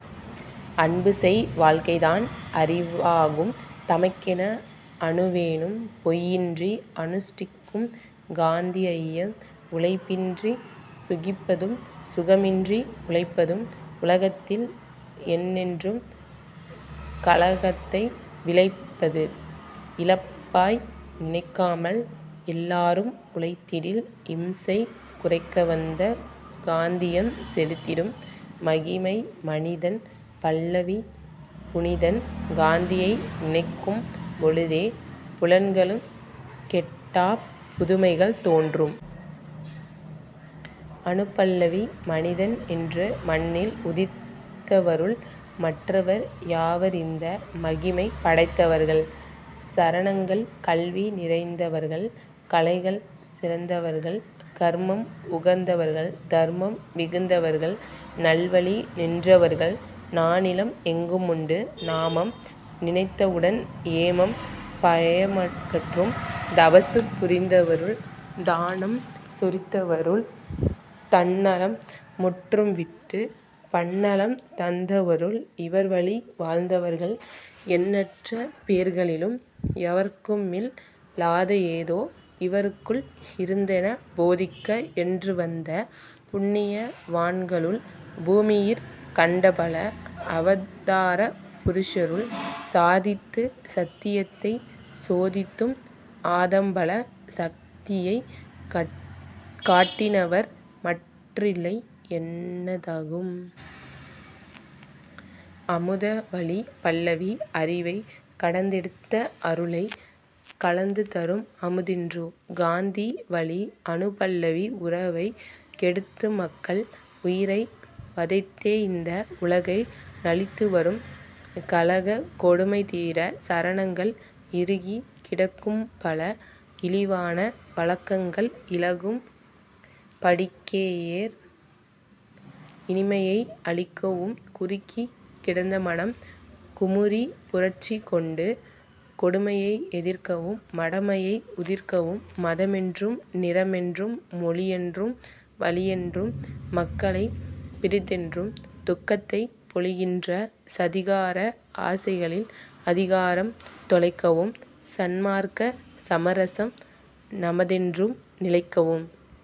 அன்புசெய் வாழ்க்கைதான் அறிவாகும் தமக்கென அணுவேனும் பொய்யின்றி அனுஷ்டிக்கும் காந்திஐயன். உழைப்பின்றிச் சுகிப்பதும் சுகமின்றி உழைப்பதும் உலகத்தில் என்றென்றும் கலகத்தை விளைவிப்பது. இளப்பமாய் நினைக்காமல் எல்லாரும் உழைத்திடில் இம்சை குறைக்கவந்த காந்தீயம் செழித்திடும்.. மகிமை மனிதன் பல்லவி புனிதன் காந்தியை நினைக்கும் பொழுதே புலன்களுக் கெட்டாப் புதுமைகள் தோன்றும். அநுபல்லவி மனிதன் என்று மண்ணில் உதித்தவருள் மற்றவர் யாவர்இந்த மகிமை படைத்தவர்கள்? சரணங்கள் கல்வி நிறைந்தவர்கள் கலைகள் சிறந்தவர்கள் கர்மம் உகந்தவர்கள் தர்மம் மிகுந்தவர்கள் நல்வழி நின்றவர்கள் நானிலம் எங்குமுண்டு நாமம் நினைத்தவுடன் ஏமன் பயமகற்றும். தவசு புரிந்தவருள் தானம் சொரிந்தவருள் தந்நலம் முற்றும்விட்டுப் பன்னலம் தந்தவருள் இவர்வழி வாழ்ந்தவர்கள் எண்ணற்ற பேர்களிலும் எவர்க்குமில் லாதஎதோ இவர்க்குள் இருந்ததென போதிக்க என்றுவந்த புண்ணிய வான்களுக்குள் பூமியிற் கண்டபல அவதார புருஷருள் சாதித்துச் சத்தியத்தைச் சோதித்தும் ஆதம்பல சக்தியைக் காட்டினவர் மற்றில்லை என்னத்தகும்.. அமுத வழி பல்லவி அறிவைக் கடைந்தெடுத்த அருளைக் கலந்துதரும் அமுதன்றோ காந்தி வழி அநுபல்லவி உறவைக் கெடுத்துமக்கள் உயிரை வதைத்தேஇந்த உலகை நலித்துவரும் கலகக் கொடுமைதீர சரணங்கள் இறுகிக் கிடக்கும்பல இழிவான வழக்கங்கள் இளகும் படிக்கேயோர் இனிமையை அளிக்கவும் குறுகிக் கிடந்தமனம் குமுறிப் புரட்சி கொண்டு கொடுமையை எதிர்க்கவும் மடமையை உதிர்க்கவும் மதமென்றும் நிறமென்றும் மொழியென்றும் வழியென்றும் மக்களைப் பிரித்தென்றும் துக்கத்தைப் பொழிகின்ற சதிகார ஆசைகளின் அதிகாரம் தொலைக்கவும் சன்மார்க்க சமரசம் நமதென்றும் நிலைக்கவும்.